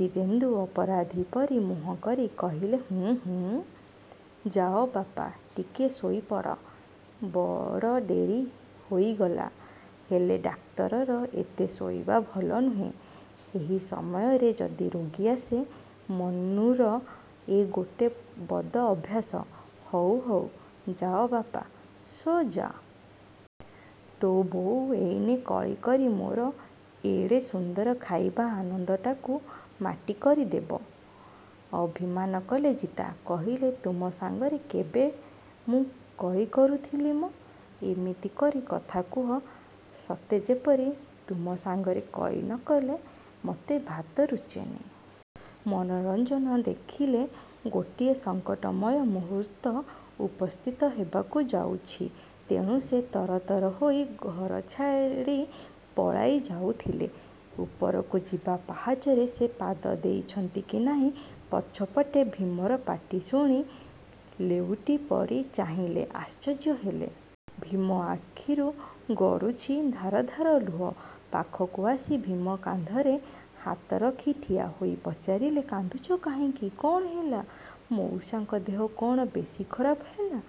ଦିବ୍ୟେନ୍ଦୁ ଅପରାଧୀ ପରି ମୁହଁ କରି କହିଲେ ହୁଁ, ହୁଁ। ଯାଅ, ବାପା ଟିକିଏ ଶୋଇ ପଡ଼। ବଡ଼ ଡେରି ହୋଇଗଲା। ହେଲେ, ଡାକ୍ତରର ଏତେ ଶୋଇବା ଭଲ ନୁହେଁ। ଏହି ସମୟରେ ଯଦି ରୋଗୀ ଆସେ? ମନୁର ଏ ଗୋଟେ ବଦ ଅଭ୍ୟାସ। ହଉ, ହଉ ଯାଅ ବାପା, ଶୋ ଯା। ତୋ ବୋଉ ଏଇନେ କଳି କରି ମୋର ଏଡ଼େ ସୁନ୍ଦର ଖାଇବା ଆନନ୍ଦଟାକୁ ମାଟି କରିଦେବେ। ଅଭିମାନ କଲେ ଜିତା, କହିଲେ ତୁମ ସାଙ୍ଗରେ କେବେ ମୁଁ କଳି କରୁଥିଲି ମ? ଏମିତି କରି କଥା କୁହ, ସତେଯେପରି ତୁମ ସାଙ୍ଗରେ କଳି ନ କଲେ ମତେ ଭାତ ରୁଚେନି। ମନୋରଞ୍ଜନ ଦେଖିଲେ ଗୋଟିଏ ସଙ୍କଟମୟ ମୁହୂର୍ତ୍ତ ଉପସ୍ଥିତ ହେବାକୁ ଯାଉଛି। ତେଣୁ ସେ ତରତର ହୋଇ ଘର ଛାଡ଼ି ପଳାଇ ଯାଉଥିଲେ। ଉପରକୁ ଯିବା ପାହାଚରେ ସେ ପାଦ ଦେଇଛନ୍ତି କି ନାହିଁ, ପଛପଟେ ଭୀମର ପାଟି ଶୁଣି ଲେଉଟି ପଡ଼ି ଚାହିଁଲେ। ଆଶ୍ଚର୍ଯ୍ୟ ହେଲେ! ଭୀମ ଆଖିରୁ ଗଡ଼ୁଛି ଧାର ଧାର ଲୁହ। ପାଖକୁ ଆସି ଭୀମ କାନ୍ଧରେ ହାତ ରଖି ଠିଆ ହୋଇ ପଚାରିଲେ କାନ୍ଦୁଛୁ କାହିଁକି? କ'ଣ ହେଲା? ମଉସାଙ୍କ ଦେହ କ'ଣ ବେଶୀ ଖରାପ ହେଲା?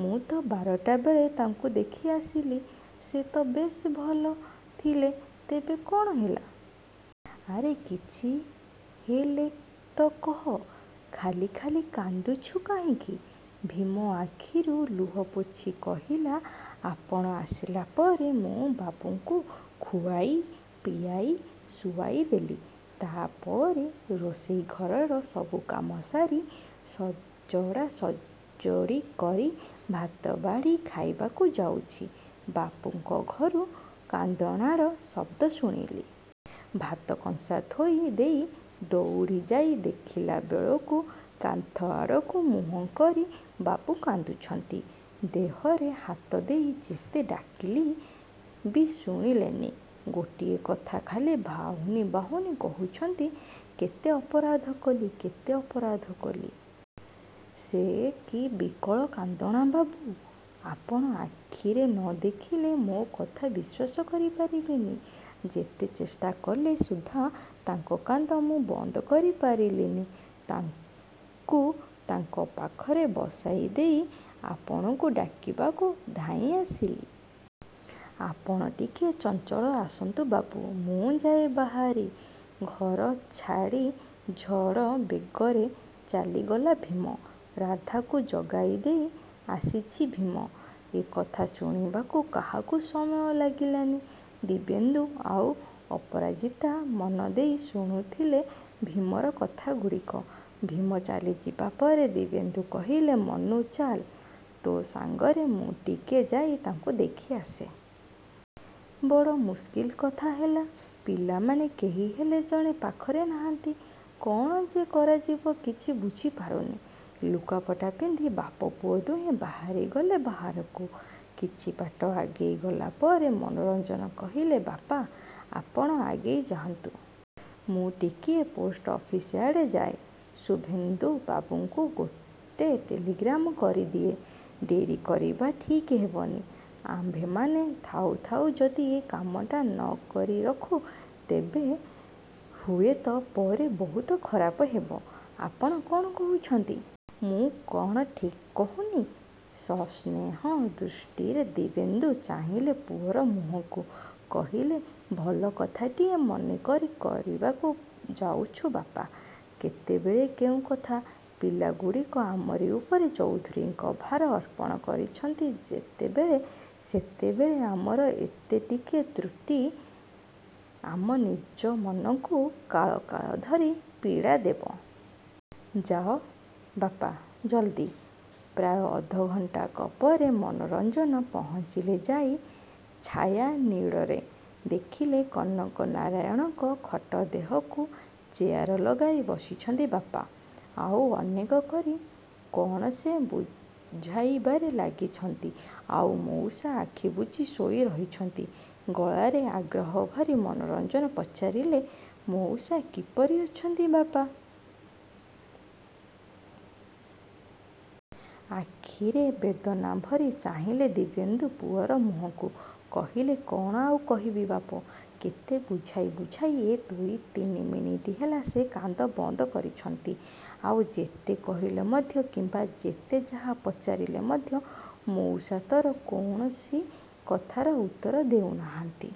ମୁଁ ତ ବାରଟା ବେଳେ ତାଙ୍କୁ ଦେଖି ଆସିଲି। ସେ ତ ବେଶ୍ ଭଲ ଥିଲେ ତେବେ ହେଲା କ'ଣ? ଆରେ କିଛି ହେଲେ ତ କହ? ଖାଲି ଖାଲି କାନ୍ଦୁଛୁ କାହିଁକି? ଭୀମ ଆଖିରୁ ଲୁହ ପୋଛି କହିଲା ଆପଣ ଆସିଲା ପରେ ମୁଁ ବାବୁଙ୍କୁ ଖୁଆଇ, ପିଆଇ, ଶୁଆଇ ଦେଲି। ତା' ପରେ ରୋଷେଇ ଘରର ସବୁ କାମ ସାରି, ସଜଡ଼ା ସଜାଡ଼ି କରି ଭାତ ବାଢ଼ି ଖାଇବାକୁ ଯାଉଛି, ବାବୁଙ୍କ ଘରୁ କାନ୍ଦଣାର ଶବ୍ଦ ଶୁଣିଲି। ଭାତ କଂସା ଥୋଇ ଦେଇ ଦଉଡ଼ି ଯାଇ ଦେଖିଲା ବେଳକୁ କାନ୍ଥ ଆଡ଼କୁ ମୁହଁ କରି ବାବୁ କାନ୍ଦୁଛନ୍ତି। ଦେହରେ ହାତ ଦେଇ ଯେତେ ଡାକିଲି ବି ଶୁଣିଲେନି। ଗୋଟିଏ କଥା ଖାଲି ବାହୁନି ବାହୁନି କହୁଛନ୍ତି କେତେ ଅପରାଧ କଲି, କେତେ ଅପରାଧ କଲି। ସେ କି ବିକଳ କାନ୍ଦଣା ବାବୁ। ଆପଣ ଆଖିରେ ନ ଦେଖିଲେ ମୋ କଥା ବିଶ୍ୱାସ କରି ପାରିବେନି। ଯେତେ ଚେଷ୍ଟା କଲେ ସୁଦ୍ଧା ତାଙ୍କ କାନ୍ଦ ମୁଁ ବନ୍ଦ କରି ପାରିଲିନି। ତାକୁ ତାଙ୍କ ପାଖରେ ବସାଇ ଦେଇ ଆପଣଙ୍କୁ ଡାକିବାକୁ ଧାଇଁ ଆସିଲି। ଆପଣ ଟିକିଏ ଚଞ୍ଚଳ ଆସନ୍ତୁ ବାବୁ। ମୁଁ ଯାଏ ବାହାରି, ଘର ଛାଡ଼ି ଝଡ଼ ବେଗରେ ଚାଲିଗଲା ଭୀମ। ରାଧାକୁ ଜଗାଇ ଦେଇ ଆସିଛି ଭୀମ। ଏ କଥା ବୁଝିବାକୁ କାହାକୁ ସମୟ ଲାଗିଲାନି। ଦିବ୍ୟେନ୍ଦୁ ଆଉ ଅପରାଜିତା ମନଦେଇ ଶୁଣୁଥିଲେ ଭୀମର କଥାଗୁଡ଼ିକ। ଭୀମ ଚାଲିଯିବା ପରେ ଦିବ୍ୟେନ୍ଦୁ କହିଲେ ମନୁ ଚାଲ, ତୋ ସାଙ୍ଗରେ ମୁଁ ଟିକିଏ ଯାଇ ତାଙ୍କୁ ଦେଖି ଆସେ। ବଡ଼ ମୁସ୍କିଲ କଥା ହେଲା। ପିଲାମାନେ କେହିହେଲେ ଜଣେ ପାଖରେ ନାହାନ୍ତି। କ'ଣ ଯେ କରାଯିବ କିଛି ବୁଝି ପାରୁନି। ଲୁଗାପଟା ପିନ୍ଧି ବାପ ପୁଅ ଦୁହେଁ ବାହାରି ଗଲେ ବାହାରକୁ। କିଛି ବାଟ ଆଗେଇ ଗଲା ପରେ ମନୋରଞ୍ଜନ କହିଲେ ବାପା, ଆପଣ ଆଗେଇ ଯାଆନ୍ତୁ। ମୁଁ ଟିକିଏ ପୋଷ୍ଟ ଅଫିସ୍ ଆଡ଼େ ଯାଏ। ଶୁଭେନ୍ଦୁ ବାବୁଙ୍କୁ ଗୋଟେ ଟେଲିଗ୍ରାମ କରି ଦିଏ। ଡେରି କରିବା ଠିକ୍ ହେବନି। ଆମ୍ଭେମାନେ ଥାଉ ଥାଉ ଯଦି ଏ କାମଟା ନ କରି ରଖୁ, ତେବେ ହୁଏତ ପରେ ବହୁତ ଖରାପ ହେବ। ଆପଣ କ'ଣ କହୁଛନ୍ତି? ମୁଁ କ'ଣ ଠିକ୍ କହୁନି? ସସ୍ନେହ ଦୃଷ୍ଟିରେ ଦିବ୍ୟେନ୍ଦୁ ଚାହିଁଲେ ପୁଅର ମୁହଁକୁ। କହିଲେ ଭଲ କଥାଟିଏ ମନେ କରି କରିବାକୁ ଯାଉଛୁ ବାପା। କେତେବେଳେ କେଉଁ କଥା। ପିଲାଗୁଡ଼ିକ ଆମରି ଉପରେ ଚୌଧୁରୀଙ୍କ ଭାର ଅର୍ପଣ କରିଛନ୍ତି ଯେତେବେଳେ, ସେତେବେଳେ ଆମର ଏତେ ଟିକିଏ ତ୍ରୁଟି ଆମ ନିଜ ମନକୁ କାଳକାଳ ଧରି ପୀଡ଼ା ଦେବ। ଯାଅ, ବାପା ଜଲ୍ଦି। ପ୍ରାୟ ଅଧ ଘଣ୍ଟାକ ପରେ ମନୋରଞ୍ଜନ ପହଞ୍ଚିଲେ ଯାଇ ଛାୟାନୀଡ଼ରେ। ଦେଖିଲେ କନକନାରାୟଣଙ୍କ ଖଟ ଦେହକୁ ଚେୟାର ଲଗାଇ ବସିଛନ୍ତି ବାପା। ଆଉ, ଅନେକ କରି କ'ଣ ସେ ବୁଝାଇବାରେ ଲାଗିଛନ୍ତି। ଆଉ, ମଉସା ଆଖି ବୁଜି ଶୋଇ ରହିଛନ୍ତି। ଗଳାରେ ଆଗ୍ରହ ଭରି ମନୋରଞ୍ଜନ ପଚାରିଲେ, ମଉସା କିପରି ଅଛନ୍ତି ବାପା? ଆଖିରେ ବେଦନା ଭରି ଚାହିଁଲେ ଦିବ୍ୟେନ୍ଦୁ ପୁଅର ମୁହଁକୁ। କହିଲେ କ'ଣ ଆଉ କହିବି ବାପ। କେତେ ବୁଝାଇ ବୁଝାଇ ଏଇ ଦୁଇ ତିନି ମିନିଟ୍ ହେଲା ସେ କାନ୍ଦ ବନ୍ଦ କରିଛନ୍ତି। ଆଉ, ଯେତେ କହିଲେ ମଧ୍ୟ କିମ୍ବା ଯେତେ ଯାହା ପଚାରିଲେ ମଧ୍ୟ ମଉସା ତୋର କୌଣସି କଥାର ଉତ୍ତର ଦେଉ ନାହାନ୍ତି।